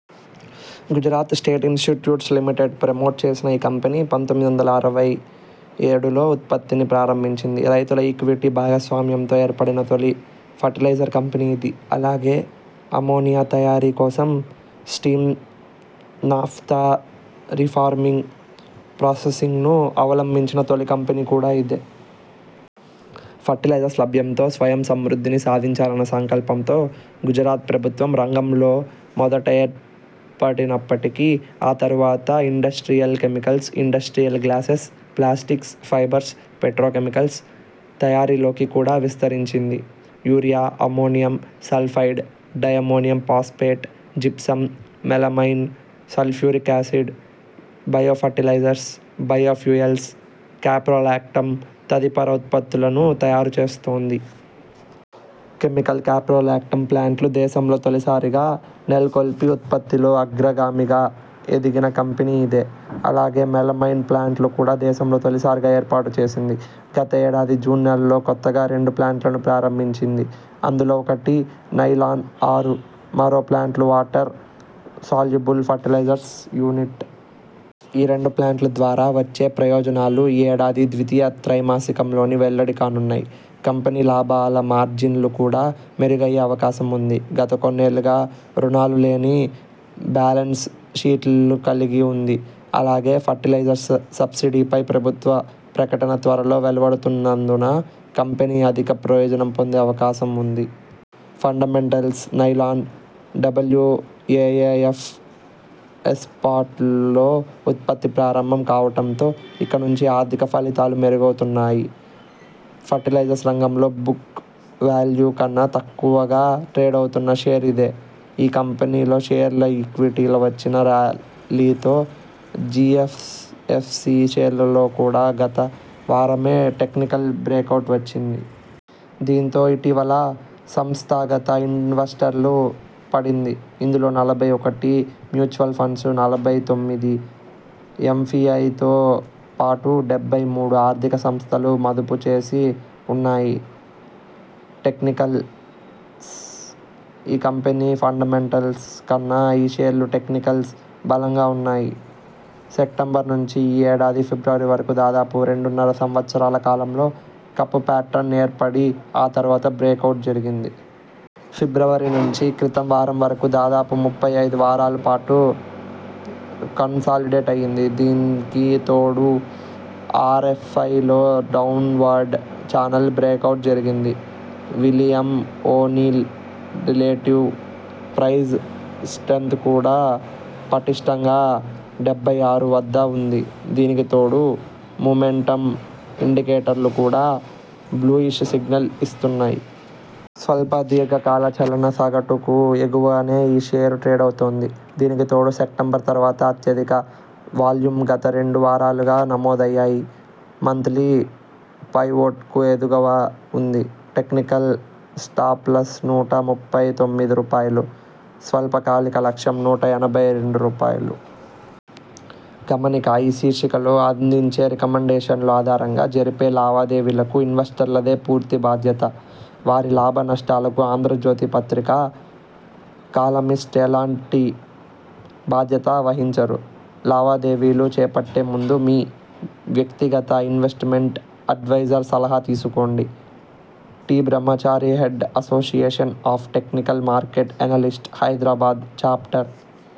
Gujarat state investments limited promote చేసిన ఈ company పంతొమ్మిది వందల అరవై ఏడులో ఉత్పత్తిని ప్రారంభించింది. రైతుల ఈక్విటీ భాగస్వామ్యంతో ఏర్పడిన తొలి ఫెర్టిలైజర్ కంపెనీ ఇది. అలాగే అమ్మోనియా తయారీ కోసం స్టీమ్ నాఫ్తా రిఫార్మింగ్ ప్రాసెసింగ్ను అవలంబించిన తొలి కంపెనీ కూడా ఇదే. ఫెర్టిలైజర్స్ లభ్యతలో స్వయం సమృద్ధిని సాధించాలన్న సంకల్పంతో గుజరాత్ ప్రభుత్వ రంగంలో మొదట ఏర్పాటైనప్పటికీ ఆ తర్వాత industrial chemicals, industrial gases, plastics, fibres, petrochemicals తయారీలోకి కూడా విస్తరించింది. Urea, ammonium, sulphide, di ammonium phosphate, gypsum, melamine, sulphuric acid, bio fertilisers, bio fuels, caprolactam తదితర ఉత్పత్తులను తయారు చేస్తోంది. కెమికల్ కాప్రోలాక్టమ్ ప్లాంట్ను దేశంలో తొలిసారిగా నెలకొల్పి ఉత్పత్తిలో అగ్రగామిగా ఎదిగిన కంపెనీ ఇది. అలాగే మెలామైన్ ప్లాంట్ను కూడా దేశంలో తొలిసారిగా ఏర్పాటు చేసింది. గత ఏడాది జూన్ నెలలో కొత్తగా రెండు ప్లాంట్లను ప్రారంభించింది. అందులో ఒకటి నైలాన్-ఆరు. మరో plant water soluble fertiliser unit. ఈ రెండు ప్లాంట్ల ద్వారా వచ్చే ప్రయోజనాలు ఈ ఏడాది ద్వితీయ త్రైమాసికంలో వెల్లడి కానున్నాయి. కంపెనీ లాభాల మార్జిన్లు కూడా మెరుగయ్యే అవకాశం ఉంది. గత కొన్నేళ్లుగా రుణాలు లేని బ్యాలెన్స్ షీట్ను కలిగి ఉంది. అలాగే ఫెర్టిలైజర్స్ సబ్సిడీపై ప్రభుత్వ ప్రకటన త్వరలో వెలువడనున్నందున కంపెనీ అధిక ప్రయోజనం పొందే అవకాశం ఉంది. ఫండమెంటల్స్. నైలాన్, డబ్ల్యుఎఎఫ్ఎస్ప్లాంట్లలో ఉత్పత్తి ప్రారంభం కావటంతో ఇక నుంచి ఆర్థిక ఫలితాలు మెరుగవనున్నాయి. ఫెర్టిలైజర్స్ రంగంలో బుక్ వాల్యూ కన్నా తక్కువగా ట్రేడవుతున్న షేరు ఇదే. ఈ కంపెనీల షేర్లలో ఇటీవల వచ్చిన ర్యాలీతో జిఎస్ఎఫ్సి షేరులో కూడా గత వారమే టెక్నికల్ బ్రేకౌట్ వచ్చింది. దీంతో ఇటీవల సంస్థాగత ఇన్వెస్టర్ల పడింది. ఇందులో నలభై ఒకటి మ్యూచువల్ ఫండ్స్, నలభై తొమ్మిది ఎఫ్పిఐలతో పాటు డెబ్బై మూడు ఆర్థిక సంస్థలు మదుపు చేసి ఉన్నాయి. టెక్నికల్స్.. ఈ కంపెనీ ఫండమెంటల్స్ కన్నా ఈ షేరు టెక్నికల్స్ బలంగా ఉన్నాయి. సెప్టెంబరు, నుంచి ఈ ఏడాది ఫిబ్రవరి వరకు దాదాపు రెండున్నర సంవత్సరాల కాలంలో కప్ ప్యాట్రన్ ఏర్పడి ఆ తర్వాత బ్రేకౌట్ జరిగింది. ఫిబ్రవరి నుంచి క్రితం వారం వరకు దాదాపు ముప్పై ఐదు వారాల పాటు కన్సాలిడేట్ అయ్యింది. దీనికి తోడు ఆర్ఎ్సఐలో డౌన్వార్డ్ చానల్ బ్రేకవుట్ జరిగింది. William O'Neil relative price strength కూడా పటిష్ఠంగా డెబ్బై ఆరు వద్ద ఉంది. దీనికి తోడు మూమెంటమ్ ఇండికేటర్లు కూడా బుల్లిష్ సిగ్నల్స్ ఇస్తున్నాయి. స్వల్ప, దీర్ఘకాల చలన సగటులకు ఎగువనే ఈ షేరు ట్రేడవుతోంది. దీనికి తోడు సెప్టెంబరు, తర్వాత అత్యధిక వాల్యూమ్స్ గత రెండు వారాలుగా నమోదయ్యాయి. మంత్లీ పైవోట్కు ఎగువన ఉంది. టెక్నికల్ స్టాప్లాస్ నూట ముప్పై తొమ్మిది రూపాయలు. స్వల్పకాలిక లక్ష్యం నూట ఎనభై రెండు రూపాయలు. గమనిక ఈ శీర్షికలో అందించే రికమండేషన్ల ఆధారంగా జరిపే లావాదేవీలకు ఇన్వెస్టర్లదే పూర్తి బాధ్యత. వారి లాభనష్టాలకు ఆంధ్రజ్యోతి పత్రిక, కాలమిస్ట్ ఎలాంటి బాధ్యత వహించరు. లావాదేవీలు చేపట్టే ముందు మీ వ్యక్తిగత ఇన్వె్స్టమెంట్ అడ్వైజర్ సలహా తీసుకోండి. T Brahmachari head, association of technical market analyst, Hyderabad chapter